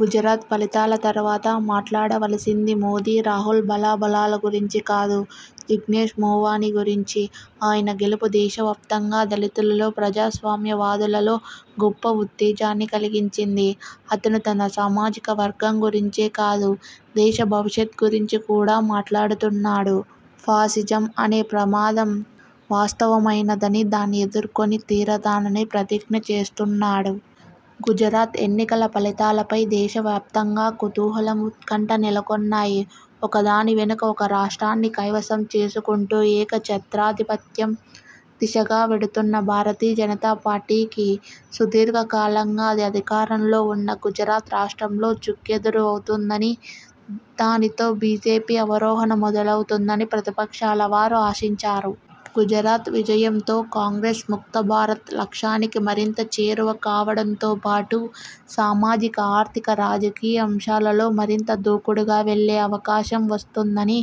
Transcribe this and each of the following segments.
గుజరాత్ ఫలితాల తరువాత మాట్లాడవలసింది మోదీ రాహుల్ బలాబలాల గురించి కాదు, జిగ్నేష్ మోవానీ గురించి. ఆయన గెలుపు దేశవ్యాప్తంగా దళితులలో, ప్రజాస్వామ్య వాదులలో గొప్ప ఉత్తేజాన్ని కలిగించింది. అతను తన సామాజిక వర్గం గురించే కాదు, దేశ భవిష్యత్తు గురించి కూడా మాట్లాడుతున్నాడు. ఫాసిజం అనే ప్రమాదం వాస్తవమైనదని, దాన్ని ఎదుర్కొని తీరతానని ప్రతిజ్ఞ చేస్తున్నాడు. గుజరాత్ ఎన్నికల ఫలితాలపై దేశవ్యాప్తంగా కుతూహలం, ఉత్కంఠ నెలకొన్నాయి. ఒకదాని వెనుక ఒక రాష్ట్రాన్ని కైవసం చేసుకుంటూ ఏక ఛత్రాధిపత్యం దిశగా వెడుతున్న భారతీ జనతాపార్టీకి, సుదీర్ఘకాలంగా అది అధికారంలో ఉన్న గుజరాత్ రాష్ట్రంలో చుక్కెదురు అవుతుందని, దానితో బిజెపి అవరోహణ మొదలవుతుందని ప్రతిపక్షాల వారు ఆశించారు. గుజరాత్ విజయంతో కాంగ్రెస్ ముక్త భారత్ లక్ష్యానికి మరింత చేరువ కావడంతో పాటు, సామాదిక, ఆర్థిక, రాజకీయ అంశాలలో మరింత దూకుడుగా వెళ్లే అవకాశం వస్తుందని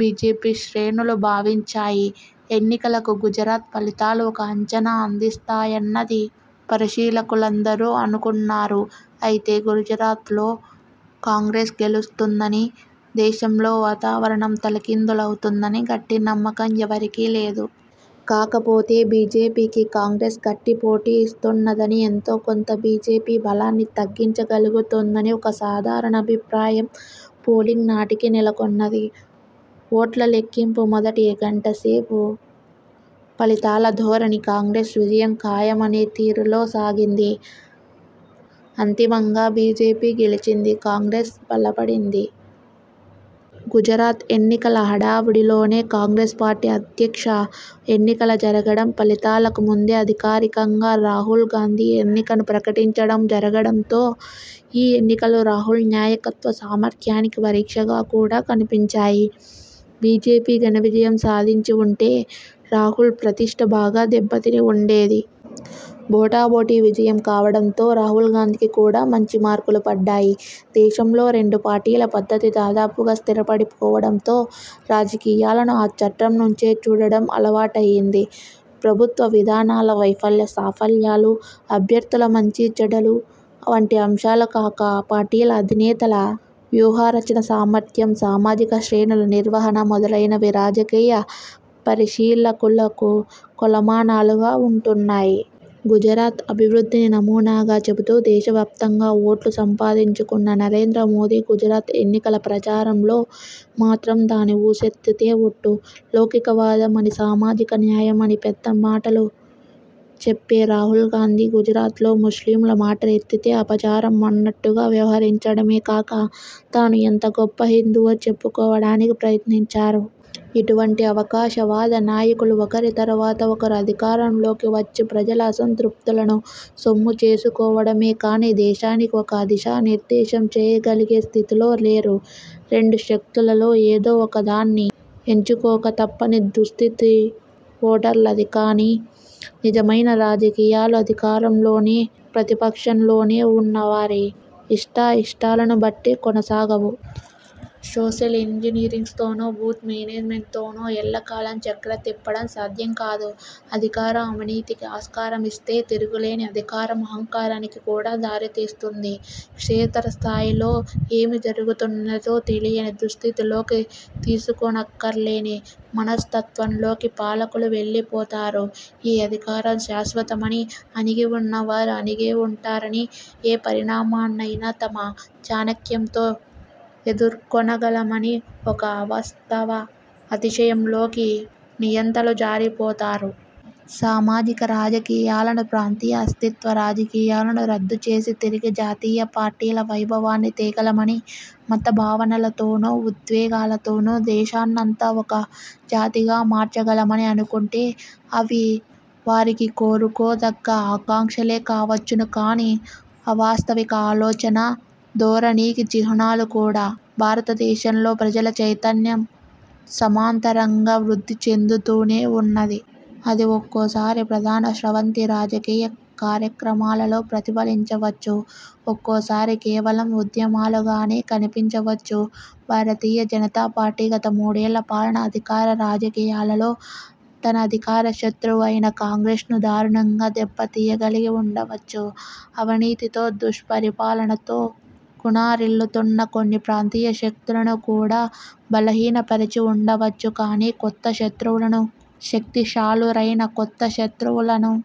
బిజెపి శ్రేణులు భావించాయి. ఎన్నికలకు గుజరాత్ ఫలితాలు ఒక అంచనా అందిస్తాయన్నది పరిశీలకులందరూ అనుకున్నారు. అయితే, గుజరాత్లో కాంగ్రెస్ గెలుస్తుందని, దేశంలో వాతావరణం తలకిందులవుతుందని గట్టి నమ్మకం ఎవరికీ లేదు. కాకపోతే, బిజెపికి కాంగ్రెస్ గట్టి పోటీ ఇస్తున్నదని, ఎంతో కొంత బిజెపి బలాన్ని తగ్గించ గలుగుతుందని ఒక సాధారణ అభిప్రాయం పోలింగ్ నాటికి నెలకొన్నది. ఓట్ల లెక్కింపు మొదటి గంటసేపు ఫలితాల ధోరణి, కాంగ్రెస్ విజయం ఖాయమనే తీరులో సాగింది. అంతిమంగా బిజెపి గెలిచింది. కాంగ్రెస్ బలపడింది. గుజరాత్ ఎన్నికల హడావుడిలోనే కాంగ్రెస్ పార్టీ అధ్యక్ష ఎన్నికలు జరగడం, ఫలితాలకు ముందే అధికారికంగా రాహుల్ గాంధీ ఎన్నికను ప్రకటించడం జరగడంతో, ఈ ఎన్నికలు రాహుల్ న్యాయకత్వ సామర్థ్యానికి పరీక్షగా కూడా కనిపించాయి. బిజెపి ఘనవిజయం సాధించి ఉంటే, రాహుల్ ప్రతిష్ఠ బాగా దెబ్బతిని ఉండేది. బోటాబోటి విజయం కావడంతో రాహుల్గాంధీకి కూడా మంచి మార్కులు పడ్డాయి. దేశంలో రెండుపార్టీల పద్ధతి దాదాపుగా స్థిరపడి పోవడంతో, రాజకీయాలను ఆ చట్రం నుంచే చూడడం అలవాటు అయ్యింది. ప్రభుత్వ విధానాల వైఫల్య సాఫల్యాలు, అభ్యర్థుల మంచి చెడలు వంటి అంశాల కాక, పార్టీల అధినేతల వ్యూహరచన సామర్థ్యం, సామాజిక శ్రేణుల నిర్వహణ మొదలైనవి రాజకీయ పరిశీలకులకు కొలమానాలుగా ఉంటున్నాయి. గుజరాత్ అభివృద్ధిని నమూనాగా చెబుతూ దేశ వ్యాప్తంగా ఓట్లు సంపాదించుకున్న నరేంద్ర మోదీ గుజరాత్ ఎన్నికల ప్రచారంలో మాత్రం దాని ఊసెత్తితే ఒట్టు. లౌకికవాదం అనీ, సామాజిక న్యాయం అని పెద్ద మాటలు చెప్పే రాహుల్ గాంధీ గుజరాత్లో ముస్లిముల మాట ఎత్తితే అపచారం అన్నట్టుగా వ్యవహరించడమే కాక, తాను ఎంత గొప్ప హిందువో చెప్పుకోవడానికి ప్రయత్నించారు. ఇటువంటి అవకాశ వాద నాయకులు ఒకరి తరువాత ఒకరు అధికారం లోకి వచ్చి ప్రజల అసంతృప్తులను సొమ్ము చేసుకోవడమే కానీ, దేశానికి ఒక దిశానిర్దేశం చేయగలిగే స్థితిలో లేరు. రెండు శక్తులలో ఏదో ఒకదాన్ని ఎంచుకోక తప్పని దుస్థితి ఓటర్లది. కానీ, నిజమైన రాజకీయాలు, అధికారంలోనీ ప్రతిపక్షంలోనీ ఉన్న వారి ఇష్టాయిష్టాలను బట్టే కొనసాగవు. సోషల్ ఇంజనీరింగ్తోనో, బూత్ మేనేజ్మెంట్తోనో ఎల్ల కాలం చక్రం తిప్పడం సాధ్యం కాదు. అధికారం అవినీతికి ఆస్కారమిస్తే, తిరుగులేని అధికారం అహంకారానికి కూడా దారితీస్తుంది. క్షేత్రస్థాయిలో ఏమి జరుగుతున్నదో తెలియని దుస్థితిలోకి, తెలుసుకోనక్కర లేని మనస్తత్వంలోకి పాలకులు వెళ్లిపోతారు. ఈ అధికారం శాశ్వతమని, అణగి ఉన్నవారు అణిగే ఉంటారని, ఏ పరిణామాన్నైనా తమ చాణక్యంతో ఎదుర్కొనగలమని ఒక అవస్తవ అతిశయంలోకి నియంతలు జారిపోతారు. సామాజిక రాజకీయాలను, ప్రాంతీయ అస్తిత్వ రాజకీయాలను రద్దుచేసి, తిరిగి జాతీయ పార్టీల వైభవాన్ని తేగలమని, మత భావనలతోనో ఉద్వేగాలతోనో దేశాన్నంతా ఒక జాతిగా మార్చగలమని అనుకుంటే, అవి వారికి కోరుకో దగ్గ ఆకాంక్షలే కావచ్చును కానీ, అవాస్తవిక ఆలోచనా ధోరణికి చిహ్నాలు కూడా. భారతదేశంలో ప్రజల చైతన్యం సమాంతరంగా వృద్ధి చెందుతూనే ఉన్నది. అది ఒక్కోసారి ప్రధాన స్రవంతి రాజకీయ కార్యక్రమాలలో ప్రతిఫలించ వచ్చు, ఒక్కోసారి కేవలం ఉద్యమాలగానే కనిపించవచ్చు. భారతీయ జనతా పార్టీ గత మూడేళ్ల పాలన, అధికార రాజకీయాలలో తన అధికార శత్రువు అయిన కాంగ్రెస్ను దారుణంగా దెబ్బ తీయగలిగి ఉండవచ్చు, అవినీతితో దుష్పరిపాలనతో కునారిల్లుతున్న కొన్ని ప్రాంతీయ శక్తులను కూడా బలహీనపరిచి ఉండవచ్చు. కానీ, కొత్త శత్రువులను, శక్తిశాలురైన కొత్త శత్రువులను